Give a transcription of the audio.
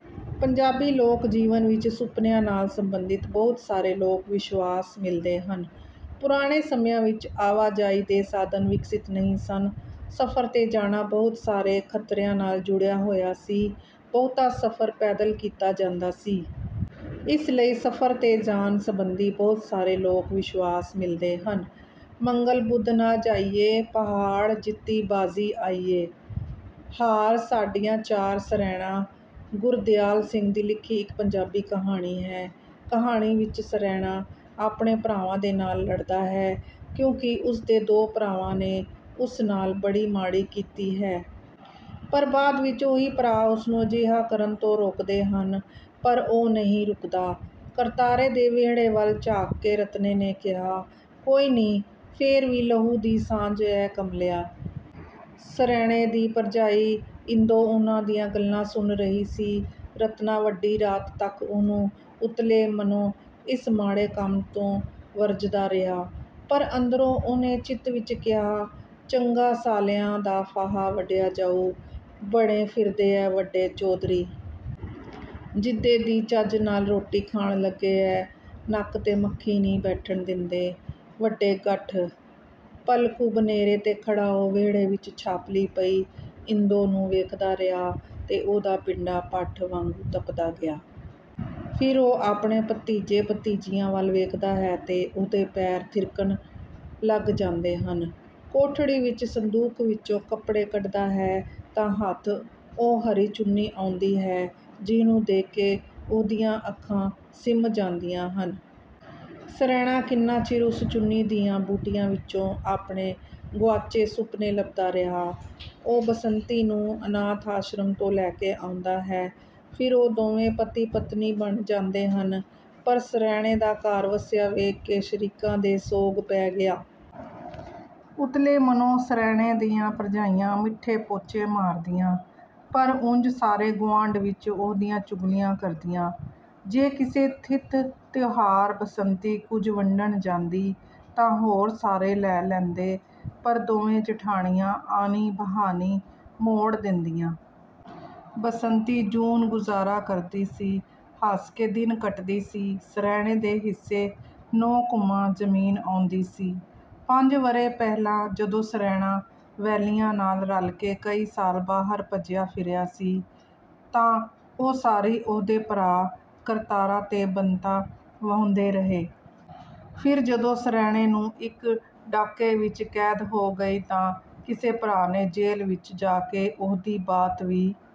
ਪੰਜਾਬੀ ਲੋਕ ਜੀਵਨ ਵਿੱਚ ਸੁਪਨਿਆਂ ਨਾਲ ਸੰਬੰਧਿਤ ਬਹੁਤ ਸਾਰੇ ਲੋਕ ਵਿਸ਼ਵਾਸ ਮਿਲਦੇ ਹਨ। ਪੁਰਾਣੇ ਸਮਿਆਂ ਵਿੱਚ ਆਵਾਜਾਈ ਦੇ ਸਾਧਨ ਵਿਕਸਿਤ ਨਹੀਂ ਸਨ। ਸਫ਼ਰ ਤੇ ਜਾਣਾ ਬਹੁਤ ਸਾਰੇ ਖਤਰਿਆਂ ਨਾਲ ਜੁੜਿਆ ਹੋਇਆ ਸੀ। ਬਹੁਤਾ ਸਫ਼ਰ ਪੈਦਲ ਕੀਤਾ ਜਾਂਦਾ ਸੀ। ਇਸ ਲਈ ਸਫ਼ਰ ਤੇ ਜਾਣ ਸਬੰਧੀ ਬਹੁਤ ਸਾਰੇ ਲੋਕ ਵਿਸ਼ਵਾਸ ਮਿਲਦੇ ਹਨ। ਮੰਗਲ ਬੁੱਧ ਨਾ ਜਾਈਏ, ਪਹਾੜ ਜਿੱਤੀ ਬਾਜ਼ੀ ਆਈਏ, ਹਾਰ ਸਾਡੀਆਂ ਚਾਰ 'ਸਰੈਣਾ' ਗੁਰਦਿਆਲ ਸਿੰਘ ਦੀ ਲਿਖੀ ਇੱਕ ਪੰਜਾਬੀ ਕਹਾਣੀ ਹੈ। ਕਹਾਣੀ ਵਿੱਚ ਸਰੈਣਾ ਆਪਣੇ ਭਰਾਵਾਂ ਦੇ ਨਾਲ ਲੜਦਾ ਹੈ ਕਿਉਂਕਿ ਉਸਦੇ ਦੋ ਭਰਾਵਾਂ ਨੇ ਉਸ ਨਾਲ ਬੜੀ ਮਾੜੀ ਕੀਤੀ ਹੈ। ਪਰ ਬਾਅਦ ਵਿੱਚ ਉਹੀ ਭਰਾ ਉਸਨੂੰ ਅਜਿਹਾ ਕਰਨ ਤੋਂ ਰੋਕਦੇ ਹਨ, ਪਰ ਉਹ ਨਹੀਂ ਰੁਕਦਾ। ਕਰਤਾਰੇ ਦੇ ਵਿਹੜੇ ਵੱਲ ਝਾਕ ਕੇ ਰਤਨੇ ਨੇ ਕਿਹਾ, 'ਕੋਈ ਨ੍ਹੀਂ ਫੇਰ ਵੀ ਲਹੂ ਦੀ ਸਾਂਝ ਐ ਕਮਲਿਆ।' ਸਰੈਣੇ ਦੀ ਭਰਜਾਈ ਇੰਦੋ ਉਹਨਾਂ ਦੀਆਂ ਗੱਲਾਂ ਸੁਣ ਰਹੀ ਸੀ। ਰਤਨਾ ਵੱਡੀ ਰਾਤ ਤੱਕ ਉਹਨੂੰ ਉੱਤਲੇ ਮਨੋਂ ਇਸ ਮਾੜੇ ਕੰਮ ਤੋਂ ਵਰਜਦਾ ਰਿਹਾ, ਪਰ ਅੰਦਰੋਂ ਉਹਨੇ ਚਿੱਤ ਵਿੱਚ ਕਿਹਾ, 'ਚੰਗਾ ਸਾਲਿਆਂ ਦਾ ਫਾਹਾ ਵੱਢਿਆ ਜਾਊ, ਬਣੇ ਫਿਰਦੇ ਐ ਵੱਡੇ ਚੌਧਰੀ! ਜਿੱਦੇ ਦੀ ਚੱਜ ਨਾਲ ਰੋਟੀ ਖਾਣ ਲੱਗੇ ਐ ਨੱਕ ਤੇ ਮੱਖੀ ਨ੍ਹੀਂ ਬੈਠਣ ਦਿੰਦੇ, ਵੱਡੇ ਗੱਠ।' ਪਲ-ਕੁ ਬਨੇਰੇ ਤੇ ਖੜ੍ਹਾ ਉਹ ਵਿਹੜੇ ਵਿੱਚ ਛਾਪਲੀ ਪਈ ਇੰਦੋ ਨੂੰ ਵੇਖਦਾ ਰਿਹਾ ਤੇ ਉਹਦਾ ਪਿੰਡਾ ਭੱਠ ਵਾਂਗੂੰ ਤਪਦਾ ਗਿਆ। ਫਿਰ ਉਹ ਆਪਣੇ ਭਤੀਜੇ-ਭਤੀਜੀਆਂ ਵੱਲ ਵੇਖਦਾ ਹੈ ਤੇ ਉਹਦੇ ਪੈਰ ਥਿਰਕਣ ਲੱਗ ਜਾਂਦੇ ਹਨ। ਕੋਠੜੀ ਵਿੱਚ ਸੰਦੂਕ ਵਿੱਚੋਂ ਕੱਪੜੇ ਕੱਢਦਾ ਹੈ ਤਾਂ ਹੱਥ ਉਹ ਹਰੀ ਚੁੰਨੀ ਆਉਂਦੀ ਹੈ ਜਿਹਨੂੰ ਦੇਖ ਕੇ ਉਹਦੀਆਂ ਅੱਖਾਂ ਸਿਮ ਜਾਂਦੀਆਂ ਹਨ। ਸਰੈਣਾ ਕਿੰਨਾ ਚਿਰ ਉਸ ਚੁੰਨੀ ਦੀਆਂ ਬੂਟੀਆਂ ਵਿੱਚੋਂ ਆਪਣੇ ਗੁਆਚੇ ਸੁਪਨੇ ਲੱਭਦਾ ਰਿਹਾ। ਉਹ ਬਸੰਤੀ ਨੂੰ ਅਨਾਥ ਆਸ਼ਰਮ ਤੋਂ ਲੈ ਕੇ ਆਉਂਦਾ ਹੈ। ਫਿਰ ਉਹ ਦੋਵੇਂ ਪਤੀ-ਪਤਨੀ ਬਣ ਜਾਂਦੇ ਹਨ। ਪਰ ਸਰੈਣੇ ਦਾ ਘਰ ਵੱਸਿਆ ਵੇਖ ਕੇ ਸ਼ਰੀਕਾਂ ਦੇ ਸੋਗ ਪੈ ਗਿਆ। ਉੱਤਲੇ ਮਨੋਂ ਸਰੈਣੇ ਦੀਆਂ ਭਰਜਾਈਆਂ ਮਿੱਠੇ ਪੋਚੇ ਮਾਰਦੀਆਂ, ਪਰ ਉਂਝ ਸਾਰੇ ਗੁਆਂਢ ਵਿੱਚ ਉਹਦੀਆਂ ਚੁਗਲੀਆਂ ਕਰਦੀਆਂ। ਜੇ ਕਿਸੇ ਤਿਥ-ਤਿਉਹਾਰ ਬਸੰਤੀ ਕੁਝ ਵੰਡਣ ਜਾਂਦੀ, ਤਾਂ ਹੋਰ ਸਾਰੇ ਲੈ ਲੈਂਦੇ, ਪਰ ਦੋਵੇਂ ਜਠਾਣੀਆਂ ਆਨੀ-ਬਹਾਨੀ ਮੋੜ ਦਿੰਦੀਆਂ। ਬਸੰਤੀ ਜੂਨ-ਗੁਜ਼ਾਰਾ ਕਰਦੀ ਸੀ, ਹੱਸ ਕੇ ਦਿਨ ਕੱਟਦੀ ਸੀ। ਸਰੈਣੇ ਦੇ ਹਿੱਸੇ ਨੌ ਘੁਮਾਂ ਜ਼ਮੀਨ ਆਉਂਦੀ ਸੀ। ਪੰਜ ਵਰ੍ਹੇ ਪਹਿਲਾਂ ਜਦੋਂ ਸਰੈਣਾ ਵੈਲੀਆਂ ਨਾਲ ਰਲ ਕੇ ਕਈ ਸਾਲ ਬਾਹਰ ਭੱਜਿਆ ਫਿਰਿਆ ਸੀ, ਤਾਂ ਉਹ ਸਾਰੀ ਉਹਦੇ ਭਰਾ ਕਰਤਾਰਾ ਤੇ ਬੰਤਾ ਵਾਹੁੰਦੇ ਰਹੇ। ਫਿਰ ਜਦੋਂ ਸਰੈਣੇ ਨੂੰ ਇੱਕ ਡਾਕੇ ਵਿੱਚ ਕੈਦ ਹੋ ਗਈ ਤਾਂ ਕਿਸੇ ਭਰਾ ਨੇ ਜੇਲ੍ਹ ਵਿੱਚ ਜਾ ਕੇ ਉਹਦੀ ਬਾਤ ਵੀ